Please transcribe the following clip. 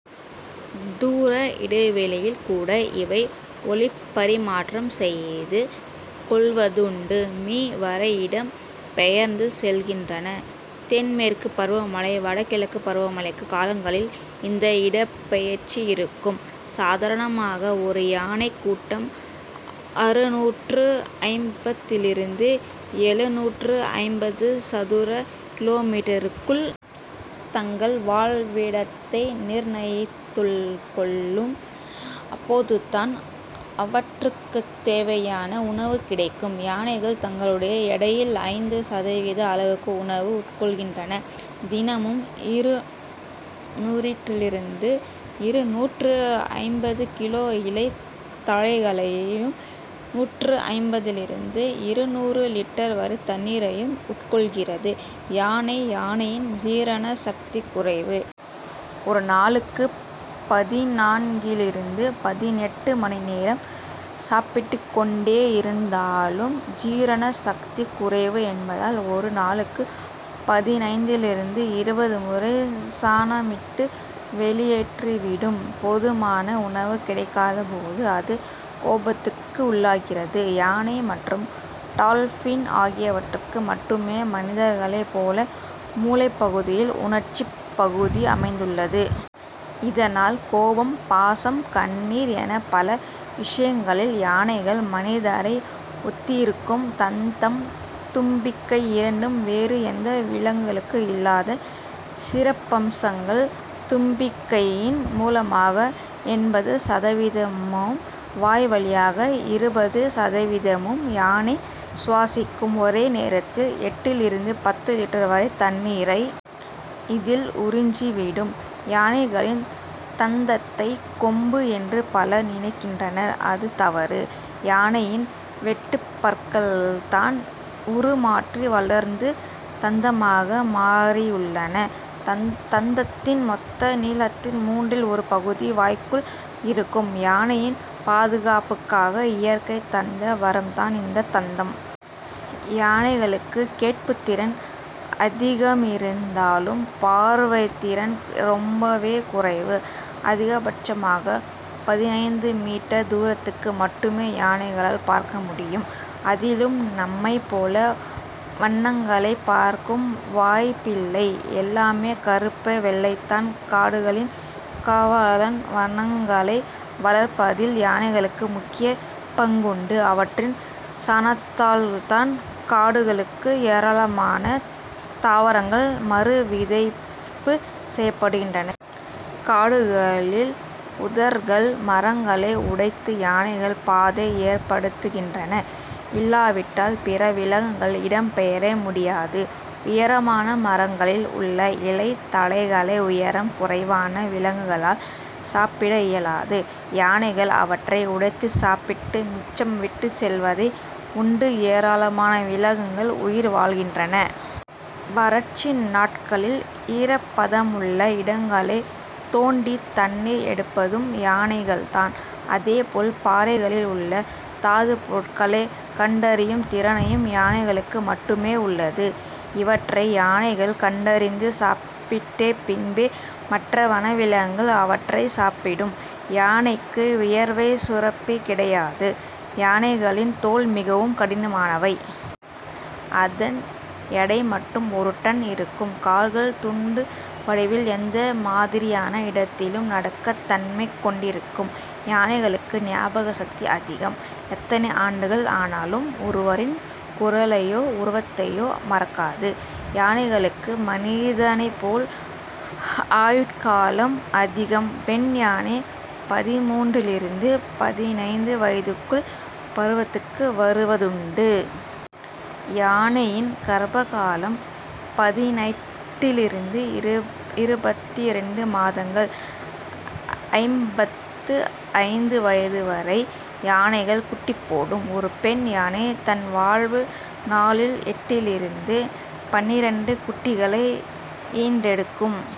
தூர இடைவெளியில் கூட இவை ஒலிப்பரிமாற்றம் செய்து கொள்வதுண்டு. மீ. வரை இடம் பெயர்ந்து செல்கின்றன. தென் மேற்குப் பருவமழை வட கிழக்குப் பருவமழைக் காலங்களில் இந்த இடப் பெயர்ச்சி இருக்கும். சாதாரணமாக ஒரு யானைக் கூட்டம் அறுநூற்று ஐம்பதிலிருந்து எழுநூற்று ஐம்பது சதுர கிலோமீட்டருக்குள். தங்கள் வாழ்விடத்தை நிர்ணயித்துக்கொள்ளும். அப்போதுதான் அவற்றுக்குத்தேவையான உணவு கிடைக்கும். யானைகள் தங்களுடைய எடையில் ஐந்து சதவீதம் அளவுக்கு உணவு உட்கொள்கின்றன. தினமும் இருநூறிலிருந்து இருநூற்று ஐம்பது கிலோ. இலை தழைகளையும் நூற்று ஐம்பதிலிருந்து இருநூறு லிட்டர்.வரை தண்ணீரையும் உட்கொள்கிறது யானை. யானையின் ஜீரண சக்தி குறைவு. ஒரு நாளுக்கு பதினான்கிலிருந்து பதினெட்டு மணி நேரம். சாப்பிட்டுக்கொண்டே இருந்தாலும் ஜீரண சக்தி குறைவு என்பதால் ஒரு நாளுக்கு பதினைந்திலிருந்து இருபது முறை சாணமிட்டு. வெளியேற்றிவிடும். போதுமான உணவு கிடைக்காத போது அது கோபத்துக்கு உள்ளாகிறது. யானை மற்றும் டால்பின் ஆகியவற்றுக்கு மட்டுமே மனிதர்களைப் போல மூளைப்பகுதியில் உணர்ச்சிப் பகுதி அமைந்துள்ளது. இதனால் கோபம், பாசம், கண்ணீர் என பல விஷயங்களில் யானைகள் மனிதரை ஒத்திருக்கும். தந்தம் தும்பிக்கை இரண்டும் வேறு எந்த விலங்குக்கும் இல்லாத சிறப்பம்சங்கள் தும்பிக்கையின் மூலமாக எண்பது சதவீதமும், வாய் வழியாக இருபது சதவீதமும். யானை சுவாசிக்கும். ஒரே நேரத்தில் எட்டிலிருந்து பத்து லிட்டர் வரை தண்ணீரை. இதில் உறிஞ்சி விடும். யானைகளின் தந்தத்தை கொம்பு என்று பலர் நினைக்கின்றனர் அது தவறு. யானையின் வெட்டுப் பற்கள்தான் உருமாறி வளர்ந்து தந்தமாக மாறியுள்ளன. தந்தத்தின் மொத்த நீளத்தில் மூன்றில் ஒரு பகுதி வாய்க்குள் இருக்கும். யானையின் பாதுகாப்புக்காக இயற்கை தந்த வரம்தான் இந்த தந்தம். யானைகளுக்கு கேட்புத் திறன் அதிகமிருந்தாலும் பார்வைத்திறன் ரொம்பவே குறைவு. அதிகபட்சமாக பதினைந்து மீட்டர் தூரத்துக்கு. மட்டுமே யானைகளால் பார்க்க முடியும். அதிலும் நம்மைப் போல வண்ணங்களைப் பார்க்கும் வாய்ப்பில்லை. எல்லாமே கறுப்பு வெள்ளைதான். காடுகளின் காவலன் வனங்களை வளர்ப்பதில் யானைகளுக்கு முக்கியப் பங்குண்டு. அவற்றின் சாணத்தால்தான் காடுகளுக்குள் ஏராளமான தாவரங்கள் மறு விதைப்பு செய்யப்படுகின்றன. காடுகளில் புதர்கள் மரங்களை உடைத்து யானைகள் பாதை ஏற்படுத்துகின்றன. இல்லாவிட்டால் பிற விலங்குகள் இடம் பெயர முடியாது. உயரமான மரங்களில் உள்ள இலை தழைகளை உயரம் குறைவான விலங்குகளால் சாப்பிட இயலாது. யானைகள் அவற்றை உடைத்துச் சாப்பிட்டு மிச்சம் விட்டுச் செல்வதை உண்டு ஏராளமான விலங்குகள் உயிர் வாழ்கின்றன. வறட்சி நாட்களில் ஈரப்பதமுள்ள இடங்களைத் தோண்டி தண்ணீர் எடுப்பதும் யானைகள்தான். அதேபோல பாறைகளில் உள்ள தாதுப் பொருட்களை கண்டறியும் திறனும் யானைகளுக்கு மட்டுமே உள்ளது. இவற்றை யானைகள் கண்டறிந்து, சாப்பிட்ட பின்பே, மற்ற வன விலங்குகள் அவற்றைச் சாப்பிடும். யானைக்கு வியர்வைச் சுரப்பி கிடையாது. யானைகளின் தோல் மிகவும் கடினமானவை. அதன் எடை மட்டும் ஒரு டன் இருக்கும். கால்கள் தூண் வடிவில் எந்த மாதிரியான இடத்திலும் நடக்கும் தன்மை கொண்டிருக்கும். யானைகளுக்கு ஞாபக சக்தி அதிகம். எத்தனை ஆண்டுகள் ஆனாலும் ஒருவரின் குரலையோ, உருவத்தையோ மறக்காது. யானைகளுக்கும் மனிதனைப்போல் ஆயுட்காலம் அதிகம். பெண் யானை பதின்மூன்றிலிருந்து பதினைந்து வயதுக்குள் பருவத்துக்கு வருவதுண்டு. யானையின் கர்ப்ப காலம் பதினெட்டிலிருந்து இருபத்தி இரண்டு மாதங்கள். ஐம்பத்து ஐந்து வயது வரை. யானைகள் குட்டி போடும். ஒரு பெண் யானை தன் வாழ் நாளில்எட்டிலிருந்து பன்னிரண்டு குட்டிகளை ஈன்றெடுக்கும்.